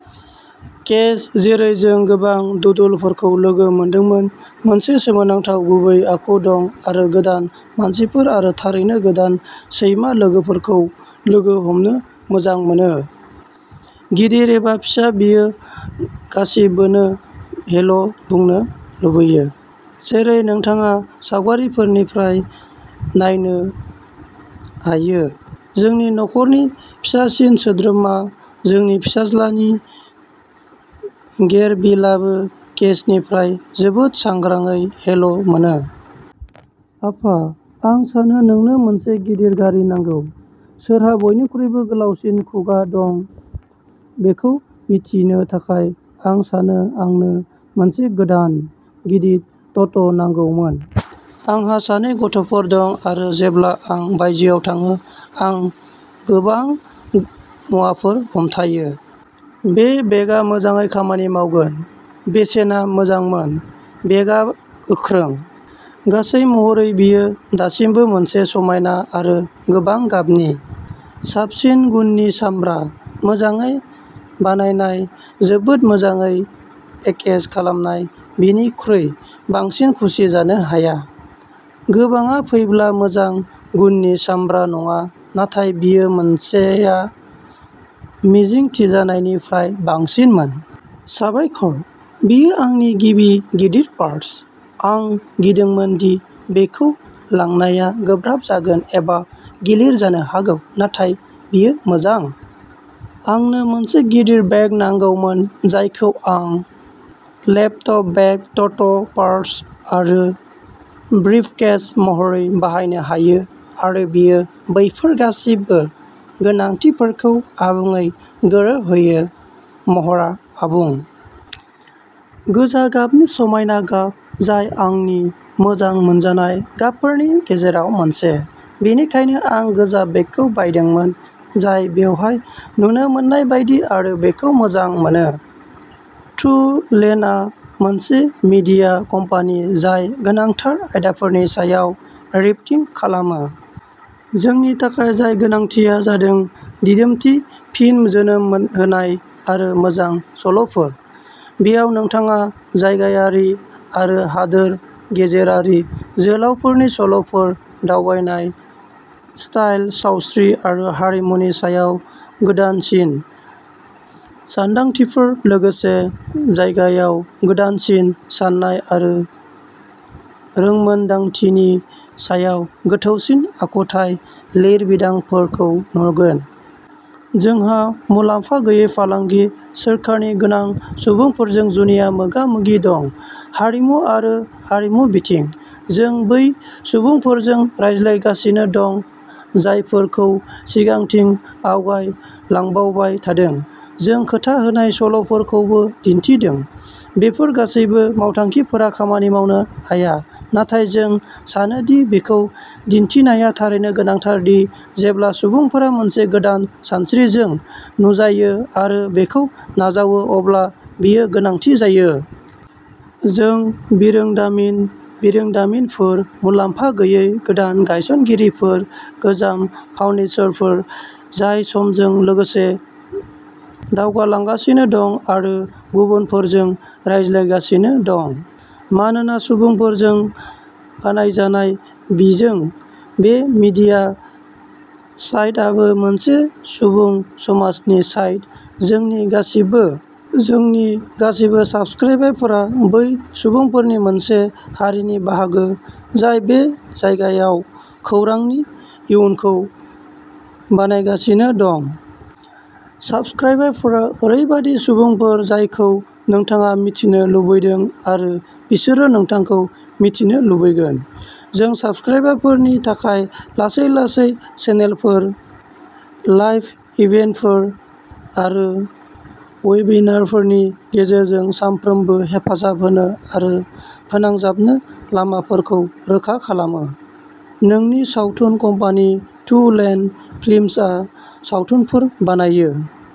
Case, जेरै जों गोबां डुडलफोरखौ लोगो मोनदोंमोन, मोनसे सोमोनांथाव गुरै आखु दं आरो गोदान मानसिफोर आरो थारैनो गोदान सैमा लोगोफोरखौ लोगो हमनो मोजां मोनो। गिदिर एबा फिसा, बियो गासिबोनो हेल' बुंनो लुबैयो, जेरै नोंथाङा सावगारिनिफ्राय नायनो हायो, जोंनि नखरनि फिसासिन सोद्रोमा, जोंनि फिसाज्लानि गेरबिलआबो केसनिफ्राय जोबोद सांग्राङै हेल' मोनो। आफा, आं सानो नोंनो मोनसे गिदिर गारि नांगौ, सोरहा बयनिख्रुइबो गोलावसिन खुगा दं बेखौ मिथिनो थाखाय, आं सानो आंनो मोनसे गोदान गिदिर ट'ट' नांगौमोन। आंहा सानै गथ'फोर दं आरो जेब्ला आं बायजोआव थाङो आं गोबां मुवाफोर हमथायो। बे बेगआ मोजाङै खामानि मावगोन। बेसेना मोजांमोन, बेगआ गोख्रों। गासै महरै बेयो दासिमबो मोनसे समायना आरो गोबां गाबनि। साबसिन गुननि सामब्रा, मोजाङै बानायनाय जोबोद मोजाङै पेकेज खालामनाय बेनिख्रुइ बांसिन खुसि जानो हाया। गोबांआ फैब्ला मोजां गुननि सामब्रा नङा, नाथाय बेयो मोनसेया मिजिंथिजानायनिफ्राय बांसिनमोन। साबायखर। बेयो आंनि गिबि गिदिर पार्स। आं गिदोंमोन दि बेखौ लांनाया गोब्राब जागोन एबा गिलिर जानो हागौ, नाथाय बेयो मोजां। आंनो मोनसे गिदिर बेग नांगौमोन जायखौ आं लेपटप बेग, ट'ट, पार्स आरो ब्रिफकेस महरै बाहायनो हायो आरो बेयो बैफोर गासिबो गोनांथिफोरखौ आबुङै गोरोबहोयो, महरआ आबुं। गोजा गाबनि समायना गाब जाय आंनि मोजां मोनजानाय गाबफोरनि गेजेराव मोनसे। बेनिखायनो, आं गोजा बेगखौ बायदोंमोन जाय बेवहाय नुनो मोननाय बायदि आरो बेखौ मोजां मोनो। टू लेनआ मोनसे मीडिया कम्पानि जाय गोनांथार आयदाफोरनि सायाव रिपर्टिं खालामो। जोंनि थाखाय जाय गोनांथिया जादों दिदोमथि, फिन जोनोम होनाय आरो मोजांनि सल'फोर। बेयाव नोंथाङा जायगायारि आरो हादोर गेजेरारि जोहोलावफोरनि सल'फोर, दावबायनाय, स्टाइल, सावस्रि आरो हारिमुनि सायाव गोदानसिन सानदांथिफोर लोगोसे जायगायाव गोदानसिन साननाय आरो रोंमोनदांथिनि सायाव गोथौसिन आखुथाय लिरबिदांफोरखौ नुगोन। जोंहा मुलाम्फा गैयै, फालांगि, सोरखारनि गोनां सुबुंफोरजों जुनिया मोगा-मोगिफोर दं। हारिमु आरो हारिमु बिथिं। जों बै सुबुंफोरजों रायज्लांगासिनो दं, जायफोरखौ सिगांथिं आवगाय लांबावबाय थादों। जों खोथा होनाय सल "फोरखौबो दिन्थिदों। बेफोर गासैबो मावथांखिफोरा खामानि मावनो हाया, नाथाय जों सानो दि बेखौ दिन्थिनाया थारैनो गोनांथार दि जेब्ला सुबुंफोरा मोनसे गोदान सानस्रिजों नुजायो आरो बेखौ नाजावो अब्ला बेयो गोनांथि जायो। जों बिरोंदामिन बिरोंदामिनफोर, मुलाम्फा गैयै गोदान गायसनगिरिफोर, गोजाम फाउन्डेसनफोर जाय समजों लोगोसे दावगालांगासिनो दं आरो गुबुनफोरजों रायज्लांगासिनो दं। मानोना सुबुंफोरजों बानायजानाय बिजों, बे मिडिया साइटाबो मोनसे सुबुं समाजनि साइट। जोंनि गासिबो साबस्क्राइबारफोरा बै सुबुंफोरनि मोनसे हारिनि बाहागो जाय बे जायगायाव खौरांनि इयुनखौ बानायगासिनो दं। साबस्क्राइबारफोरा ओरैबायदि सुबुंफोर जायखौ नोंथाङा मिन्थिनो लुबैदों आरो बिसोरो नोंथांखौ मिन्थिनो लुबैगोन। जों साबस्क्राइबारफोरनि थाखाय लासै-लासै चेनेलफोर, लाइभ इभेन्टफोर आरो वेबिनारफोरनि गेजेरजों सानफ्रोमबो हेफाजाब होनो आरो फोनांजाबनो लामाफोरखौ रोखा खालामो। जोंनि सावथुन कम्पानि, टू लेन फिल्म्सआ सावथुनफोर बानायो।